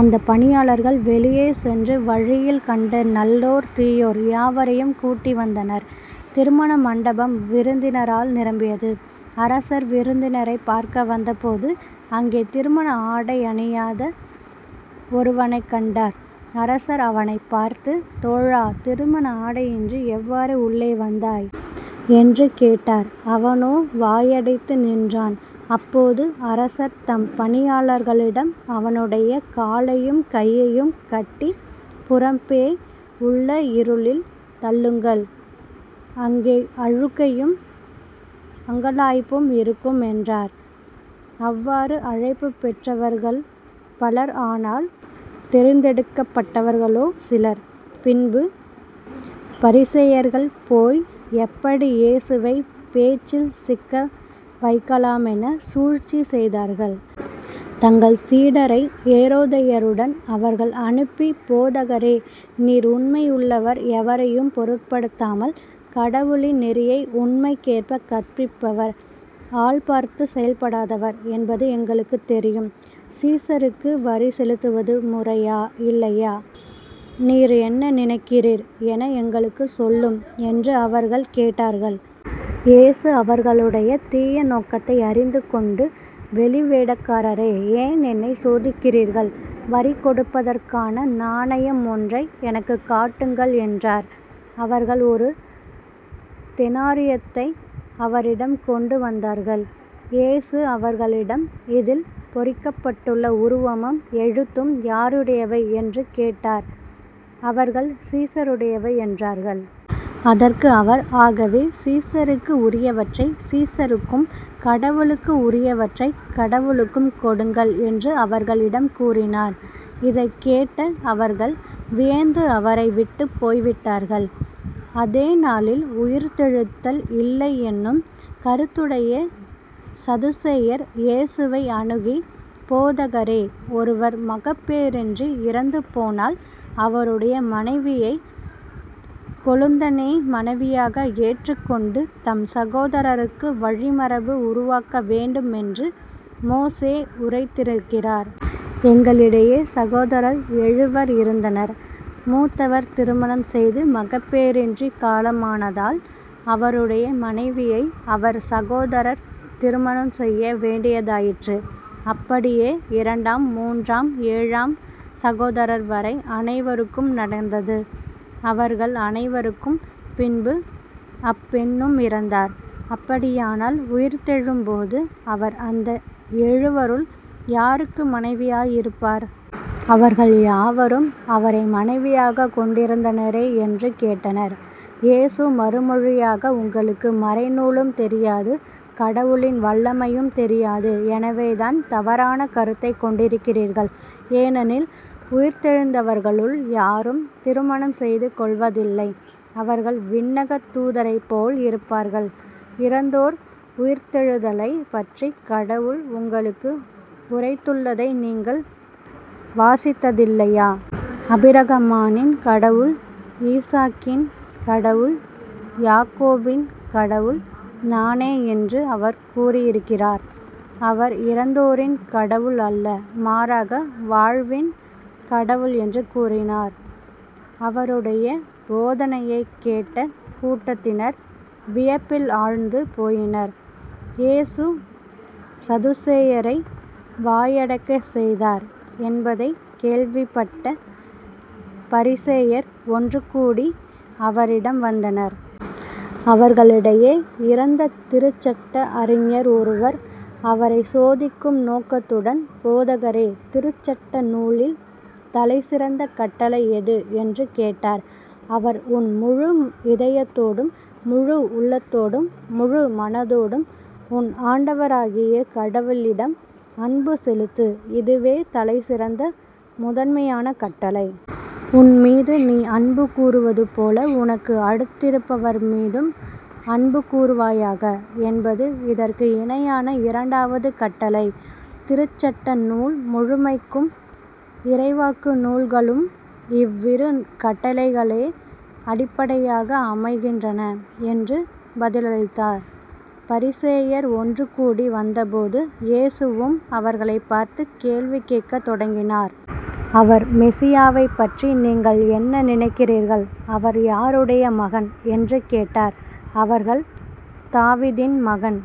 அந்தப் பணியாளர்கள் வெளியே சென்று வழியில் கண்ட நல்லோர் தீயோர் யாவரையும் கூட்டி வந்தனர். திருமண மண்டபம் விருந்தினரால் நிரம்பியது. அரசர் விருந்தினரைப் பார்க்க வந்த போது அங்கே திருமண ஆடை அணியாத ஒருவனைக் கண்டார். அரசர் அவனைப் பார்த்து தோழா திருமண ஆடையின்றி எவ்வாறு உள்ளே வந்தாய்? என்று கேட்டார். அவனோ வாயடைத்து நின்றான். அப்போது அரசர் தம் பணியாளர்களிடம் அவனுடைய காலையும் கையையும் கட்டிப் புறம்பே உள்ள இருளில் தள்ளுங்கள். அங்கே அழுகையும் அங்கலாய்ப்பும் இருக்கும் என்றார். இவ்வாறு அழைப்புப் பெற்றவர்கள் பலர் ஆனால் தெரிந்தெடுக்கப்பட்டவர்களோ சிலர். பின்பு பரிசேயர்கள் போய் எப்படி இயேசுவைப் பேச்சில் சிக்க வைக்கலாமெனச் சூழ்ச்சி செய்தார்கள். தங்கள் சீடரை ஏரோதியருடன் அவரிடம் அனுப்பி போதகரே நீர் உண்மையுள்ளவர் எவரையும் பொருட்படுத்தாமல் கடவுளின் நெறியை உண்மைக்கேற்பக் கற்பிப்பவர் ஆள் பார்த்துச் செயல்படாதவர் என்பது எங்களுக்குத் தெரியும். சீசருக்கு வரி செலுத்துவது முறையா? இல்லையா? நீர் என்ன நினைக்கிறீர் என எங்களுக்குச் சொல்லும் என்று அவர்கள் கேட்டார்கள். இயேசு அவர்களுடைய தீய நோக்கத்தை அறிந்து கொண்டு வெளிவேடக்காரரே ஏன் என்னைச் சோதிக்கிறீர்கள்? வரி கொடுப்பதற்கான நாணயம் ஒன்றை எனக்குக் காட்டுங்கள் என்றார். அவர்கள் ஒரு தெனாரியத்தை அவரிடம் கொண்டு வந்தார்கள். இயேசு அவர்களிடம் இதில் பொறிக்கப்பட்டுள்ள உருவமும் எழுத்தும் யாருடையவை? என்று கேட்டார். அவர்கள் சீசருடையவை என்றார்கள். அதற்கு அவர் ஆகவே சீசருக்கு உரியவற்றை சீசருக்கும் கடவுளுக்கு உரியவற்றைக் கடவுளுக்கும் கொடுங்கள் என்று அவர்களிடம் கூறினார். இதைக் கேட்ட அவர்கள் வியந்து அவரை விட்டுப் போய்விட்டார்கள். அதே நாளில் உயிர்த்தெழுதல் இல்லை என்னும் கருத்துடைய சதுசேயர் இயேசுவை அணுகி போதகரே ஒருவர் மகப்பேறின்றி இறந்து போனால் அவருடைய மனைவியைக் கொழுந்தனே மனைவியாக ஏற்றுக் கொண்டு தம் சகோதரருக்கு வழிமரபு உருவாக்க வேண்டும் என்று மோசே உரைத்திருக்கிறார். எங்களிடையே சகோதரர் எழுவர் இருந்தனர். முத்தவர் திருமணம் செய்து மகப்பேறின்றிக் காலமானதால் அவருடைய மனைவியை அவர் சகோதரர் திருமணம் செய்ய வேண்டியதாயிற்று. அப்படியே இரண்டாம் முன்றாம் ஏழாம் சகோதரர் வரை அனைவருக்கும் நடந்தது. அவர்கள் அனைவருக்கும் பின்பு அப்பெண்னும் இறந்தார். அப்படியானால் உயிர்த்தெழும்போது அவர் அந்த எழுவருள் யாருக்கு மனைவியாய் இருப்பார்? அவர்கள் யாவரும் அவரை மனைவியாகக் கொண்டிருந்தனரே என்று கேட்டனர். இயேசு மறுமொழியாக உங்களுக்கு மறைநூலும் தெரியாது கடவுளின் வல்லமையும் தெரியாது. எனவேதான் தவறான கருத்தைக் கொண்டிருக்கிறீர்கள். ஏனெனில் உயிர்த்தெழுந்தவர்களுள் யாரும் திருமணம் செய்து கொள்வதில்லை அவர்கள் விண்ணகத் தூதரைப்பொல் இருப்பார்கள். இறந்தோர் உயிர்த்தெழுதலைப் பற்றிக் கடவுள் உங்களுக்கு உரைத்துள்ளதை நீங்கள் வாசித்ததில்லையா? ஆபிரகாமின் கடவுள் ஈசாக்கின் கடவுள் யாக்கோபின் கடவுள் நானே என்று அவர் கூறியிருக்கிறார். அவர் இறந்தோரின் கடவுள் அல்ல மாறாக வாழ்வின் கடவுள் என்று கூறினார். அவருடைய போதனையைக் கேட்ட கூட்டத்தினர் வியப்பில் ஆழ்ந்து போயினர். இயேசு சதுசேயரை வாயடைக்கச் செய்தார் என்பதைக் கேள்விப்பட்ட பரிசேயர் ஒன்றுகூடி அவரிடம் வந்தனர். அவர்களிடையே இருந்த திருச்சட்ட அறிஞர் ஒருவர் அவரைச் சோதிக்கும் நோக்கத்துடன் போதகரே திருச்சட்ட நூலில் தலைசிறந்த கட்டளை எது? என்று கேட்டார். அவர் உன் முழு இதயத்தோடும் முழு உள்ளத்தோடும், முழு மனத்தோடும் உன் ஆண்டவராகிய கடவுளிடம் அன்பு செலுத்து. இதுவெ தலைசிறந்த முதன்மையான கட்டளை. உன்மீது நீ அன்பு கூர்வதுபோல உனக்கு அடுத்திருப்பவர்மீதும் அன்பு கூர்வாயாக என்பது இதற்கு இணையான இரண்டாவது கட்டளை. திருச்சட்ட நூல் முழுமைக்கும் இறைவாக்கு நூல்களுக்கும் இவ்விரு கட்டளைகளே அடிப்படையாக அமைகின்றன என்று பதிலளித்தார். பரிசேயர் ஒன்றுகூடி வந்தபோது இயேசுவும் அவர்களைப் பார்த்து கேள்வி கேட்கத் தொடங்கினார். அவர் மெசியாவைப்பற்றி நீங்கள் என்ன நினைக்கிறீர்கள்? அவர் யாருடைய மகன்? என்று கேட்டார். அவர்கள் தாவீதின் மகன்